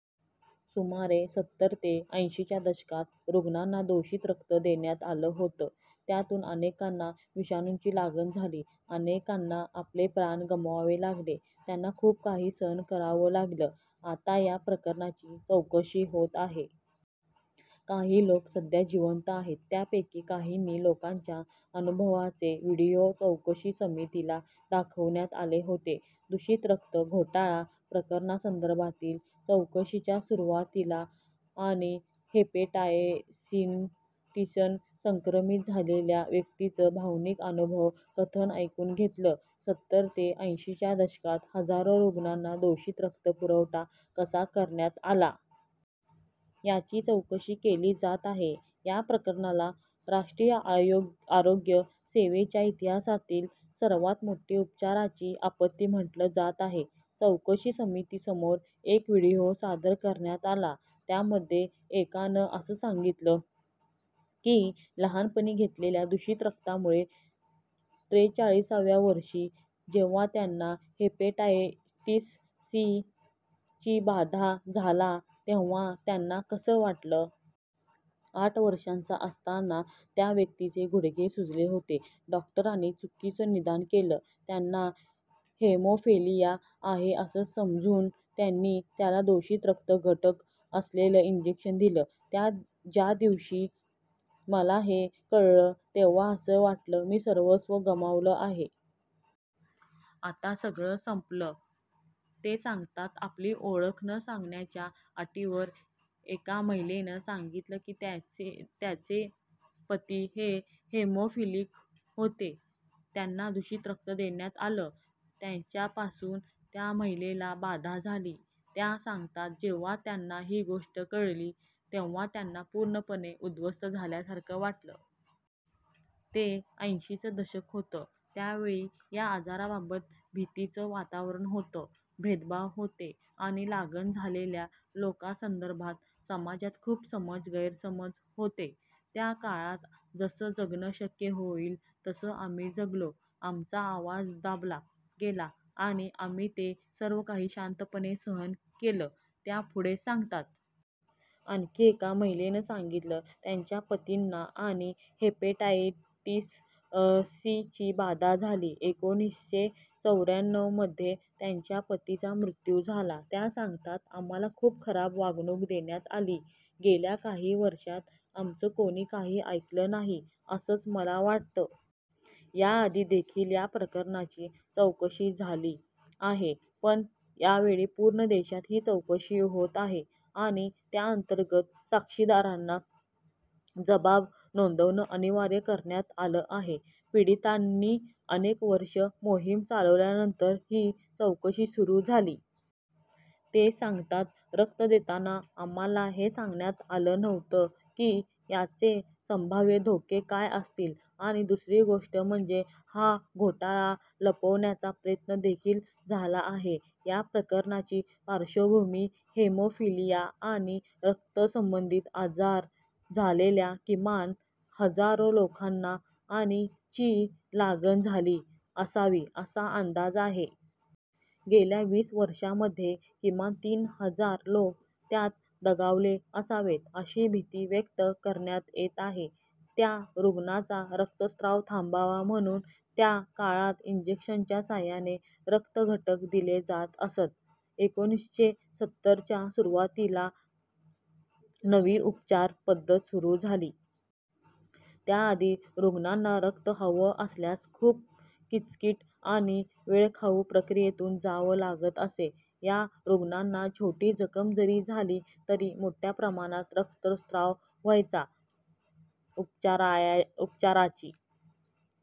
सुमारे सत्तर ते ऐंशीच्या दशकात रुग्णांना दूषित रक्त देण्यात आलं होतं. त्यातून अनेकांना विषाणूची लागण झाली. अनेकांना आपले प्राण गमवावे लागले. त्यांना खूप काही सहन करावं लागलं. आता या प्रकरणाची चौकशी होत आहे. काही लोक सध्या जिवंत आहेत. त्यापैकी काहींनी लोकांच्या अनुभवाचे व्हीडिओ चौकशी समितीला दाखवण्यात आले होते. दूषित रक्त घोटाळा प्रकरणासंदर्भातील चौकशीच्या सुरुवातीला आणि हेपेटायटिसनं संक्रमित झालेल्या व्यक्तींचं भावनिक अनुभव कथन ऐकून घेतलं. सत्तर ते ऐंशीच्या दशकात हजारो रुग्णांना दूषित रक्त पुरवठा कसा करण्यात आला. याची चौकशी केली जात आहे. या प्रकरणाला राष्ट्रीय आरोग्य सेवेच्या इतिहासातली सर्वांत मोठी उपचारांची आपत्ती म्हटलं जात आहे. चौकशी समितीसमोर एक व्हिडिओ सादर करण्यात आला. त्यामध्ये एकानं असं सांगितलं की लहानपणी घेतलेल्या दूषित रक्तामुळे त्रेचाळीसाव्या वर्षी जेव्हा त्यांना हेपेटायटिस सी ची बाधा झाला तेव्हा त्यांना कसं वाटलं. आठ वर्षांचा असताना त्या व्यक्तीचे गुडघे सुजले होते. डॉक्टरांनी चुकीचं निदान केलं. त्यांना हेमोफेलिया आहे असं समजून त्यांनी त्याला दूषित रक्तघटक असलेलं इंजेक्शन दिलं. ज्या दिवशी मला हे कळलं तेव्हा असं वाटलं मी सर्वस्व गमावलं आहे. आता सगळं संपलं, ते सांगतात. आपली ओळख न सांगण्याच्या अटीवर एका महिलेनं सांगितलं की त्यांचे पती हे हिमोफिलिक होते. त्यांना दूषित रक्त देण्यात आलं. त्यांच्यापासून त्या महिलेला बाधा झाली. त्या सांगतात जेव्हा त्यांना ही गोष्ट कळली तेव्हा त्यांना पूर्णपणे उद्ध्वस्त झाल्यासारखं वाटलं. ते ऐंशीचं दशक होतं. त्यावेळी या आजाराबाबत भीतीचं वातावरण होतं, भेदभाव होते आणि लागण झालेल्या लोकांसदर्भात समाजात खूप समज गैरसमज होते. त्या काळात जसं जगणं शक्य होईल तसं आम्ही जगलो. आमचा आवाज दाबला गेला आणि आम्ही ते सर्वकाही शांतपणे सहन केलं, त्या पुढे सांगतात. आणखी एका महिलेनं सांगितलं त्यांच्या पतींना आणि हेपेटायटिस सी ची बाधा झाली. एकोणीसशे चौऱ्याण्णवमध्ये त्यांच्या पतीचा मृत्यू झाला. त्या सांगतात, आम्हाला खूप खराब वागणूक देण्यात आली. गेल्या काही वर्षांत आमचं कुणी काही ऐकलं नाही असंच मला वाटतं. याआधी देखील या प्रकरणाची चौकशी झाली आहे. पण यावेळी पूर्ण देशात ही चौकशी होत आहे आणि त्याअंतर्गत साक्षीदारांना जबाब नोंदवणं अनिवार्य करण्यात आलं आहे. पीडितांनी अनेक वर्षं मोहीम चालवल्यानंतर ही चौकशी सुरू झाली. ते सांगतात रक्त देताना आम्हाला हे सांगण्यात आलं नव्हतं की याचे संभाव्य धोके काय असतील आणि दुसरी गोष्ट म्हणजे हा घोटाळा लपवण्याचा प्रयत्न देखील झाला आहे. या प्रकरणाची पार्श्वभूमी हिमोफिलिया आणि रक्तासंबंधित आजार झालेल्या किमान हजारो लोकांना आणि ची लागण झाली असावी असा अंदाज आहे. गेल्या वीस वर्षांमध्ये किमान तीन हजार लोक त्यात दगावले असावेत अशी भीती व्यक्त करण्यात येत आहे. त्या रुग्णांचा रक्तस्राव थांबावा म्हणून त्या काळात इंजेक्शनच्या साहाय्याने रक्तघटक दिले जात असत. एकोणीसशे सत्तरच्या सुरुवातीला नवी उपचार पद्धत सुरू झाली. त्याआधी रुग्णांना रक्त हवं असल्यास खूप किचकिट आणि वेळखाऊ प्रक्रियेतून जावं लागत असे. या रुग्णांना छोटी जखम जरी झाली तरी मोठ्या प्रमाणात रक्तस्राव व्हायचा. उपचाराची